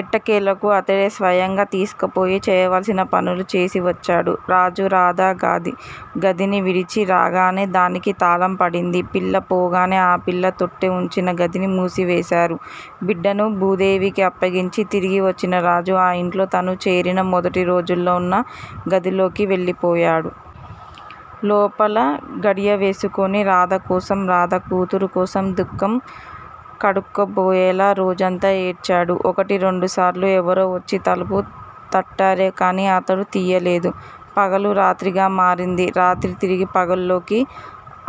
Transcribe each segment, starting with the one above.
ఎట్టకేలకు అతడే స్వయంగా తీసుకుపోయి చేయవలసిన పనులు చేసివచ్చడు. రాజు రాధ గదిని విడిచి రాగానే దానికి తాళం పడింది. పిల్ల పోగానే ఆ పిల్ల తొట్టె ఉంచిన గదిని మూసివేసేరు. బిడ్డని భూదేవికి అప్పగించి తిరిగి వచ్చిన రాజు ఆ ఇంట్లో తను చేరిన మొదటిరోజుల్లో ఉన్న గదిలోకి వెళ్ళిపోయేడు. లోపల గడియవేసుకొని రాధకోసం, రాధ కూతురు కోసం దుఃఖం కడుక్కుబోయేలా రోజంతా ఏడ్చేడు. ఒకటి రెండుసార్లు ఎవరో వచ్చి తలుపు తట్టేరుకాని అతడు తియ్యలేదు. పగలు రాత్రిగా మారింది. రాత్రి తిరిగి పగలులోకి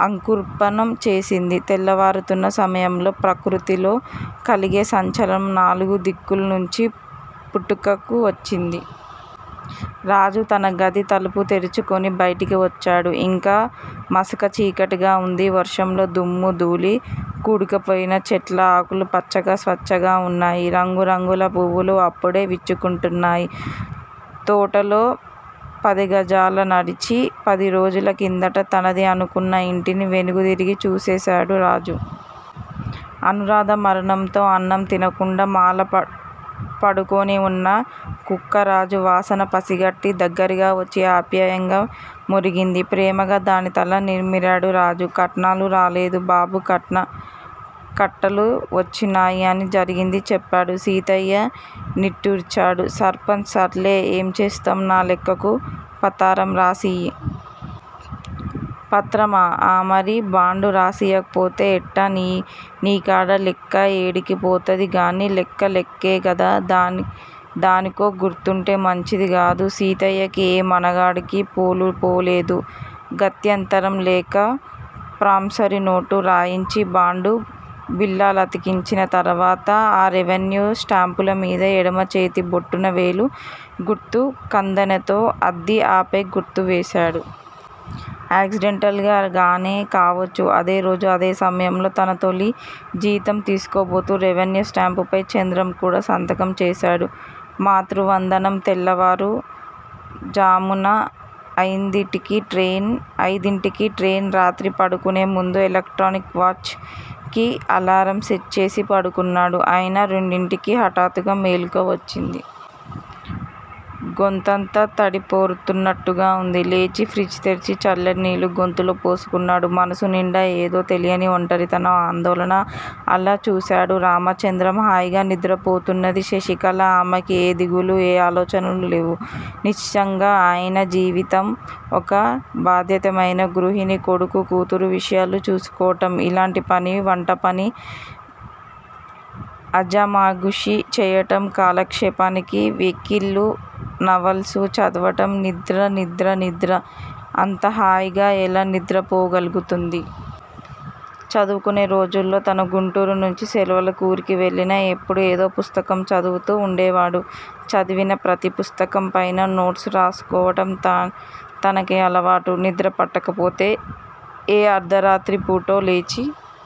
అంకురార్పణం చేసింది. తెల్లవారుతున్న సమయంలో ప్రకృతిలో కలిగే సంచలనం నాలుగు దిక్కులనుంచీ పుట్టుకు వచ్చింది. రాజు తన గది తలుపు తెరుచుకొని బయటికి వచ్చేడు. ఇంకా మసక చీకటిగా ఉంది. వర్షంలో దుమ్మూ, ధూళీ కడుక్కుపోయిన చెట్ల ఆకులు పచ్చగా, స్వచ్చంగా ఉన్నాయి. రంగు రంగుల పువ్వులు అప్పుడే విచ్చుకొంటున్నాయి. తోటలో పదిగజాలు నడిచి, పదిరోజుల కిందట తనది ఆనుకొన్న ఇంటిని వెనుతిరిగి చూసేడు రాజు. అనూరాధ మరణంతో అన్నం తినకుండా మాల పడుకొనిఉన్న కుక్క రాజు వాసన పసికట్టి దగ్గిరగా వచ్చి ఆప్యాయంగా మొరిగింది. ప్రేమగా దాని తల నిమిరేడు రాజు. 'కట్నాలు రాలేదు బాబూ కట్టాలు వోచ్చినాయ్' అని జరిగింది చెప్పాడు సీతయ్య. నిట్టూర్చాడు సర్పంచ్. 'సర్లే! ఏం చేస్తావ్, నా లెక్కకు పత్తరం రాసియ్యి. 'పత్రమా''ఆ మరి బాండు రాసియ్యకపొతే ఎట్టా? నీ కాడా లెక్క యాడికి పోతది గానీ! లెక్క లెక్కే గదా! దానికో గుర్తుంటే మంచిది గాదూ! సీతయ్యకి ఏ మనడానికి పాలుపోలేదు. గత్యంతరం లేక ప్రామిసరీ నోటు రాయించి బాండు బిళ్ళలతికించిన తర్వాత ఆ రెవిన్యూ స్టాంపుల మీద ఎడమ చేతి బొటన వేలు గుర్తు కందెనతో అద్ది ఆపై గుర్తు వేశాడు. యాక్సిడెంటల్ గానే కావచ్చు. అదేరోజు అదే సమయంలో తన తొలి జీతం తిసుకోబోతు రెవిన్యూ స్టాంపు పై చంద్రం కూడా సంతకం చేశాడు. మాతృవందనం. తెల్లవారు ఝామున అయిదింటికి ట్రెయిన్ ఐదింటికి ట్రైన్ రాత్రి పడుకునేముందు ఎలక్ట్రానిక్ వాచ్ కి ఎలారం సెట్ చేసి పడుకున్నాడు. అయినా రెండింటికి హటాత్తుగా మెలకువ వచ్చింది. గొంతంతా తడారిపోతున్నట్టుగా వుంది. లేచి ఫ్రిజ్ తెర్చి చల్లని నీళ్ళు గొంతులో పోసుకున్నాడు. మనస్సు నిండా ఏదో తెలియని ఒంటరితన, ఆందోళన! అలా చూశాడు రామచంద్రం హాయిగా నిద్రపోతున్నది శశికళ. ఆమెకి ఏ దిగులు ఏ ఆలోచనలూ లేవు. నిశ్చింగా అయిన జీవితం ఒక భాద్యతాయుతమైన గృహిణి, కొడుకు, కూతురు విషయాలు చూసుకోవటం ఇలాంటి పని వంటపని అజమాయిషీ చెయ్యటం కాలక్షేపానికి విక్లిలు నవల్సు చదవటం నిద్ర నిద్ర నిద్ర అంత హాయిగా ఎలా నిద్రపోగలుగుతుంది? చదువుకునే రోజుల్లో తను గుంటూరు నుంచి సెలవులకి ఊరికి వెళ్ళినా ఎప్పుడూ ఏదో పుస్తకం చదువుతూ వుండేవాడు. చదివిన ప్రతి పుస్తకం పైన నోట్స్ వ్రాసుకోవడం తనకి అలవాటు నిద్రపట్టకపోతే ఏ అర్ధరాత్రి పుటో లేచి